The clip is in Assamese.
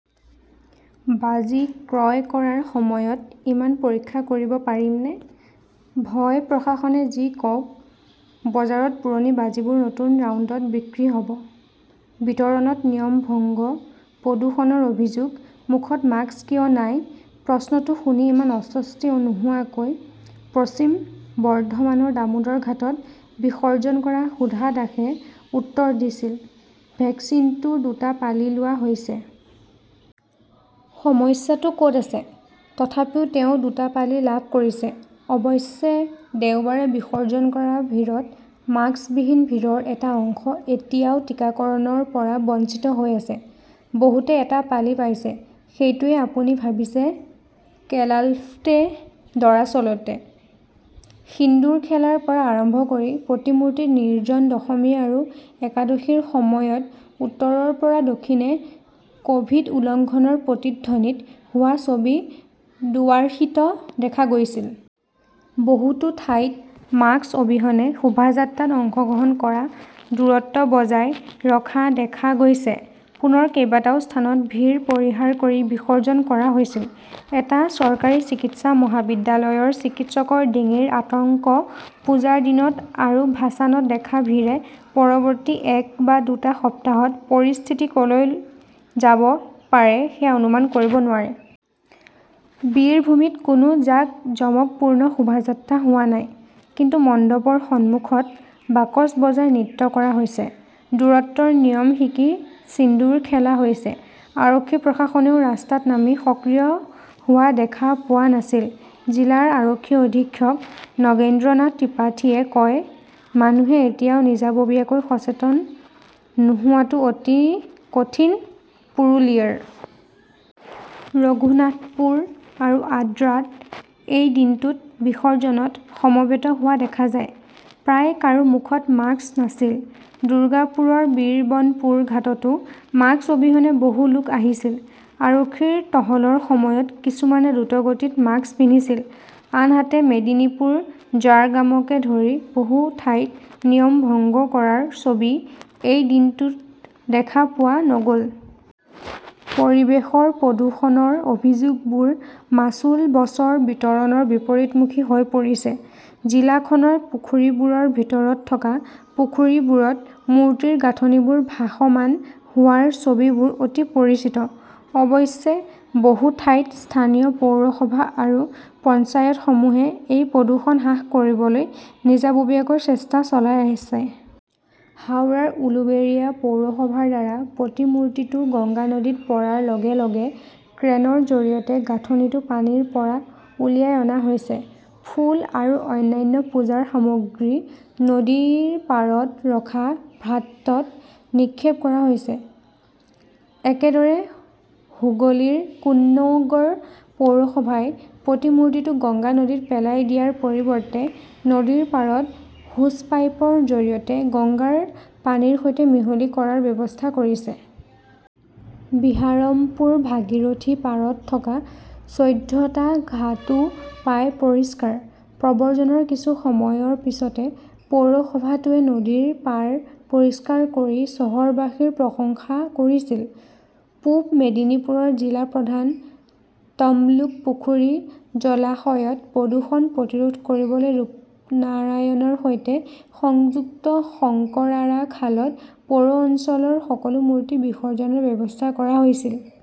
বাজি ক্ৰয় কৰাৰ সময়ত ইমান পৰীক্ষা কৰিব পাৰিমনে? ভয় প্ৰশাসনে যি কওক, বজাৰত পুৰণি বাজিবোৰ নতুন ৰাউণ্ডত বিক্ৰী হ 'ব। বিতৰণত নিয়ম ভংগ, প্ৰদূষণৰ অভিযোগ মুখত মাস্ক কিয় নাই? প্ৰশ্নটো শুনি ইমান অস্বস্তি নোহোৱাকৈ, পশ্চিম বৰ্ধমানৰ দামোদৰ ঘাটত বিসৰ্জন কৰা সুধা দাসে উত্তৰ দিছিল, ভেকচিনটোৰ দুটা পালি লোৱা হৈছে। সমস্যাটো ক'ত আছে? তথাপিও তেওঁ দুটা পালি লাভ কৰিছে। অৱশ্যে, দেওবাৰে বিসৰ্জন কৰা ভিৰত মাস্কবিহীন ভিৰৰ এটা অংশ এতিয়াও টিকাকৰণৰ পৰা বঞ্চিত হৈ আছে। বহুতে এটা পালি পাইছে, সেইটোৱেই আপুনি ভাবিছে কেল্লাফ্টে দৰাচলতে, সিন্দুৰখেলাৰ পৰা আৰম্ভ কৰি প্ৰতিমূৰ্তি নিৰ্জন দশমী আৰু একাদশীৰ সময়ত উত্তৰৰ পৰা দক্ষিণে কভিড উলংঘনৰ প্ৰতিধ্বনিত হোৱা ছবি দুৱাৰ্ষীত দেখা গৈছিল। বহুতো ঠাইত মাস্ক অবিহনে শোভাযাত্ৰাত অংশগ্ৰহণ কৰা, দূৰত্ব বজাই ৰখা দেখা গৈছে। পুনৰ কেইবাটাও স্থানত ভিৰ পৰিহাৰ কৰি বিসৰ্জন কৰা হৈছিল। এটা চৰকাৰী চিকিৎসা মহাবিদ্যালয়ৰ চিকিৎসকৰ ডিঙিৰ আতংক পূজাৰ দিনত আৰু ভাছানত দেখা ভিৰে পৰৱৰ্তী এক বা দুটা সপ্তাহত পৰিস্থিতি ক'লৈ যাব পাৰে সেয়া অনুমান কৰিব নোৱাৰে। বীৰভূমিত কোনো জাকজমকপূৰ্ণ শোভাযাত্ৰা হোৱা নাই, কিন্তু মণ্ডপৰ সন্মুখত বাকচ বজাই নৃত্য কৰা হৈছে, দূৰত্বৰ নিয়ম শিকি ছিন্দুৰ খেলা হৈছে। আৰক্ষী-প্ৰশাসনেও ৰাস্তাত নামি সক্ৰিয় হোৱা দেখা পোৱা নাছিল। জিলাৰ আৰক্ষী অধীক্ষক নগেন্দ্ৰনাথ ত্ৰিপাঠীয়ে কয়, মানুহে এতিয়াও নিজাববীয়াকৈ সচেতন নোহোৱাটো অতি কঠিন। পুৰুলিয়াৰ ৰঘুনাথপুৰ আৰু আদ্ৰাত এই দিনটোত বিসৰ্জনত সমবেত হোৱা দেখা যায়। প্ৰায় কাৰো মুখত মাস্ক নাছিল। দুৰ্গাপুৰৰ বীৰবনপুৰ ঘাটতো মাস্ক অবিহনে বহু লোক আহিছিল। আৰক্ষীৰ টহলৰ সময়ত কিছুমানে দ্ৰুতগতিত মাস্ক পিন্ধিছিল। আনহাতে, মেদিনীপুৰ, ঝাৰগ্ৰামকে ধৰি বহু ঠাইত নিয়ম ভংগ কৰাৰ ছবি এই দিনটোত দেখা পোৱা নগ'ল। পৰিৱেশৰ প্ৰদূষণৰ অভিযোগবোৰ মাচুল বছৰ বিতৰণৰ বিপৰীতমুখী হৈ পৰিছে। জিলাখনৰ পুখুৰীবোৰৰ ভিতৰত থকা পুখুৰীবোৰত মূৰ্তিৰ গাঁথনিবোৰ ভাসমান হোৱাৰ ছবিবোৰ অতি পৰিচিত। অৱশ্যে, বহু ঠাইত স্থানীয় পৌৰসভা আৰু পঞ্চায়তসমূহে এই প্ৰদূষণ হ্ৰাস কৰিবলৈ নিজাববীয়াকৈ চেষ্টা চলাই আছে। হাওৰাৰ উলুবেৰিয়া পৌৰসভাৰ দ্বাৰা প্ৰতিমূৰ্তিটো গংগা নদীত পৰাৰ লগে লগে ক্ৰেনৰ জৰিয়তে গাঁথনিটো পানীৰ পৰা উলিয়াই অনা হৈছে। ফুল আৰু অন্যান্য পূজাৰ সামগ্ৰী নদীৰ পাৰত ৰখা ভ্যাটত নিক্ষেপ কৰা হৈছে। একেদৰে, হুগলীৰ কোন্নগৰ পৌৰসভাই প্ৰতিমূৰ্তিটো গংগা নদীত পেলাই দিয়াৰ পৰিৱৰ্তে নদীৰ পাৰত হোচপাইপৰ জৰিয়তে গংগাৰ পানীৰ সৈতে মিহলি কৰাৰ ব্যৱস্থা কৰিছে। বিহাৰমপুৰ, ভাগীৰথী পাৰত থকা চৈধ্যটা ঘাটও প্ৰায় পৰিষ্কাৰ। প্ৰব্ৰজনৰ কিছু সময়ৰ পিছতে পৌৰসভাটোৱে নদীৰ পাৰ পৰিষ্কাৰ কৰি চহৰবাসীৰ প্ৰশংসা কৰিছিল। পূব মেদিনীপুৰৰ জিলা প্ৰধান তমলুক পুখুৰী-জলাশয়ত প্ৰদূষণ প্ৰতিৰোধ কৰিবলৈ ৰূপনাৰায়ণৰ সৈতে সংযুক্ত শংকৰাৰা খালত পৌৰ অঞ্চলৰ সকলো মূৰ্তি বিসৰ্জনৰ ব্যৱস্থা কৰা হৈছিল।